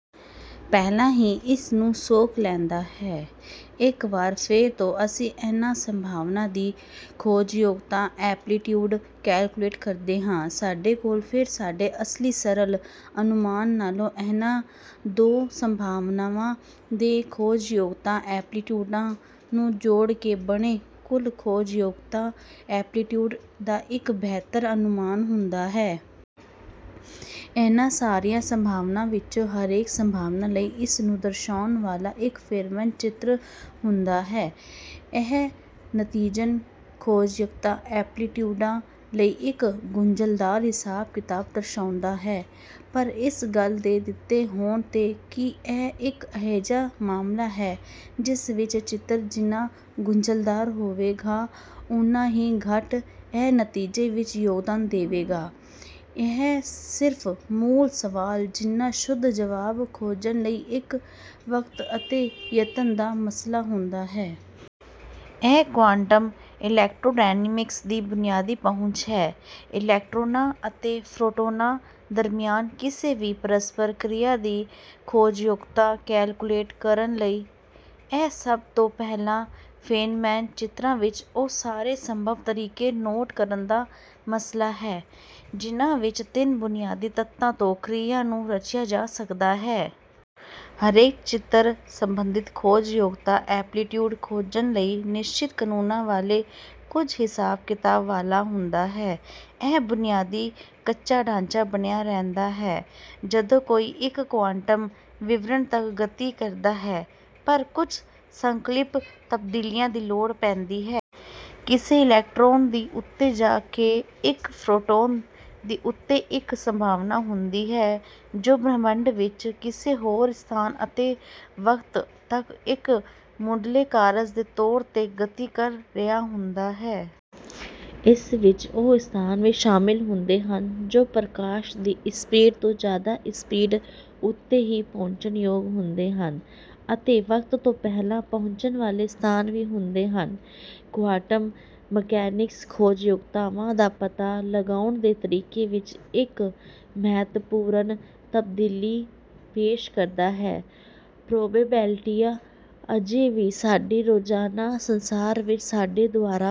ਪਹਿਲਾਂ ਹੀ ਇਸ ਨੂੰ ਸੋਖ ਲੈਂਦਾ ਹੈ। ਇੱਕ ਵਾਰ ਫੇਰ ਤੋਂ ਅਸੀਂ ਇਹਨਾਂ ਸੰਭਾਵਨਾਵਾਂ ਦੀ ਖੋਜਯੋਗਤਾ ਐਂਪਲੀਟਿਊਡ ਕੈਲਕੁਲੇਟ ਕਰਦੇ ਹਾਂ। ਸਾਡੇ ਕੋਲ ਫੇਰ ਸਾਡੇ ਅਸਲੀ ਸਰਲ ਅਨੁਮਾਨ ਨਾਲੋਂ ਇਹਨਾਂ ਦੋ ਸੰਭਾਵਨਾਵਾਂ ਦੇ ਖੋਜਯੋਗਤਾ ਐਂਪਲੀਟਿਊਡਾਂ ਨੂੰ ਜੋੜ ਕੇ ਬਣੇ ਕੁੱਲ ਖੋਜਯੋਗਤਾ ਐਂਪਲੀਟਿਊਡ ਦਾ ਇੱਕ ਬੇਹਤਰ ਅਨੁਮਾਨ ਹੁੰਦਾ ਹੈ। ਇਹਨਾਂ ਸਾਰੀਆਂ ਸੰਭਾਵਨਾਵਾਂ ਵਿੱਚੋਂ ਹਰੇਕ ਸੰਭਾਵਨਾ ਲਈ ਇਸ ਨੂੰ ਦਰਸਾਉਣ ਵਾਲਾ ਇੱਕ ਫੇਨਮੈਨ ਚਿੱਤਰ ਹੁੰਦਾ ਹੈ। ਇਹ ਨਤੀਜਨ ਖੋਜਯੋਗਤਾ ਐਂਪਲੀਟਿਊਡਾਂ ਲਈ ਇੱਕ ਗੁੰਝਲਦਾਰ ਹਿਸਾਬ ਕਿਤਾਬ ਦਰਸਾਉਂਦਾ ਹੈ ਪਰ ਇਸ ਗੱਲ ਦੇ ਦਿੱਤੇ ਹੋਣ ਤੇ ਕਿ ਇਹ ਇੱਕ ਅਜਿਹਾ ਮਾਮਲਾ ਹੈ ਜਿਸ ਵਿੱਚ ਚਿੱਤਰ ਜਿੰਨਾ ਗੁੰਝਲਦਾਰ ਹੋਵੇਗਾ ਉੰਨਾ ਹੀ ਘੱਟ ਇਹ ਨਤੀਜੇ ਵਿੱਚ ਯੋਗਦਾਨ ਦੇਵੇਗਾ ਇਹ ਸਿਰਫ ਮੂਲ ਸਵਾਲ ਜਿੰਨਾ ਸ਼ੁੱਧ ਜਵਾਬ ਖੋਜਣ ਲਈ ਇੱਕ ਵਕਤ ਅਤੇ ਯਤਨ ਦਾ ਮਸਲਾ ਹੁੰਦਾ ਹੈ। ਇਹ ਕੁਆਂਟਮ ਇਲੈਕਟ੍ਰੋਡਾਇਨਾਮਿਕਸ ਦੀ ਬੁਨਿਆਦੀ ਪਹੁੰਚ ਹੈ। ਇਲੈਕਟ੍ਰੌਨਾਂ ਅਤੇ ਫੋਟੌਨਾਂ ਦਰਮਿਆਨ ਕਿਸੇ ਵੀ ਪਰਸਪਰ ਕ੍ਰਿਆ ਦੀ ਖੋਜਯੋਗਤਾ ਕੈਲਕੁਲੇਟ ਕਰਨ ਲਈ ਇਹ ਸਭ ਤੋਂ ਪਹਿਲਾਂ ਫੇਨਮੈਨ ਚਿੱਤਰਾਂ ਵਿੱਚ ਉਹ ਸਾਰੇ ਸੰਭਵ ਤਰੀਕੇ ਨੋਟ ਕਰਨ ਦਾ ਮਸਲਾ ਹੈ ਜਿਹਨਾਂ ਵਿੱਚ ਤਿੰਨ ਬੁਨਿਆਦੀ ਤੱਤਾਂ ਤੋਂ ਕ੍ਰਿਆ ਨੂੰ ਰਚਿਆ ਜਾ ਸਕਦਾ ਹੈ। ਹਰੇਕ ਚਿੱਤਰ ਸਬੰਧਤ ਖੋਜਯੋਗਤਾ ਐਂਪਲੀਟਿਊਡ ਖੋਜਣ ਲਈ ਨਿਸ਼ਚਿਤ ਕਨੂੰਨਾਂ ਵਾਲੇ ਕੁੱਝ ਹਿਸਾਬ ਕਿਤਾਬ ਵਾਲਾ ਹੁੰਦਾ ਹੈ। ਇਹ ਬੁਨਿਆਦੀ ਕੱਚਾ ਢਾਂਚਾ ਬਣਿਆ ਰਹਿੰਦਾ ਹੈ ਜਦੋਂ ਕੋਈ ਇੱਕ ਕੁਆਂਟਮ ਵਿਵਰਣ ਤੱਕ ਗਤੀ ਕਰਦਾ ਹੈ ਪਰ ਕੁੱਝ ਸੰਕਲਪਿਕ ਤਬਦੀਲੀਆਂ ਦੀ ਲੋੜ ਪੈਂਦੀ ਹੈ। ਕਿਸੇ ਇਲੈਕਟ੍ਰੌਨ ਦੀ ਉੱਤੇ ਜਾਂ ਇੱਕ ਫੋਟੌਨ ਦੀ ਉੱਤੇ ਇੱਕ ਸੰਭਾਵਨਾ ਹੁੰਦੀ ਹੈ ਜੋ ਬ੍ਰਹਿਮੰਡ ਵਿੱਚ ਕਿਸੇ ਹੋਰ ਸਥਾਨ ਅਤੇ ਵਕਤ ਤੱਕ ਇੱਕ ਮੁਢਲੇ ਕਾਰਜ ਦੇ ਤੌਰ ਤੇ ਗਤੀ ਕਰ ਰਿਹਾ ਹੁੰਦਾ ਹੈ। ਇਸ ਵਿੱਚ ਉਹ ਸਥਾਨ ਵੀ ਸ਼ਾਮਿਲ ਹੁੰਦੇ ਹਨ ਜੋ ਪ੍ਰਕਾਸ਼ ਦੀ ਸਪੀਡ ਤੋਂ ਜਿਆਦਾ ਸਪੀਡ ਉੱਤੇ ਹੀ ਪਹੁੰਚਣਯੋਗ ਹੁੰਦੇ ਹਨ ਅਤੇ ਵਕਤ ਤੋਂ ਪਹਿਲਾਂ ਪਹੁੰਚਣ ਵਾਲੇ ਸਥਾਨ ਵੀ ਹੁੰਦੇ ਹਨ। ਕੁਆਂਟਮ ਮਕੈਨਿਕਸ ਖੋਜਯੋਗਤਾਵਾਂ ਦਾ ਪਤਾ ਲਗਾਉਣ ਦੇ ਤਰੀਕੇ ਵਿੱਚ ਇੱਕ ਮਹੱਤਵਪੂਰਨ ਤਬਦੀਲੀ ਪੇਸ਼ ਕਰਦਾ ਹੈ। ਪ੍ਰੋਬੇਬਿਲਟੀਆਂ ਅਜੇ ਵੀ ਸਾਡੀ ਰੋਜ਼ਾਨਾ ਸੰਸਾਰ ਵਿੱਚ ਸਾਡੇ ਦੁਆਰਾ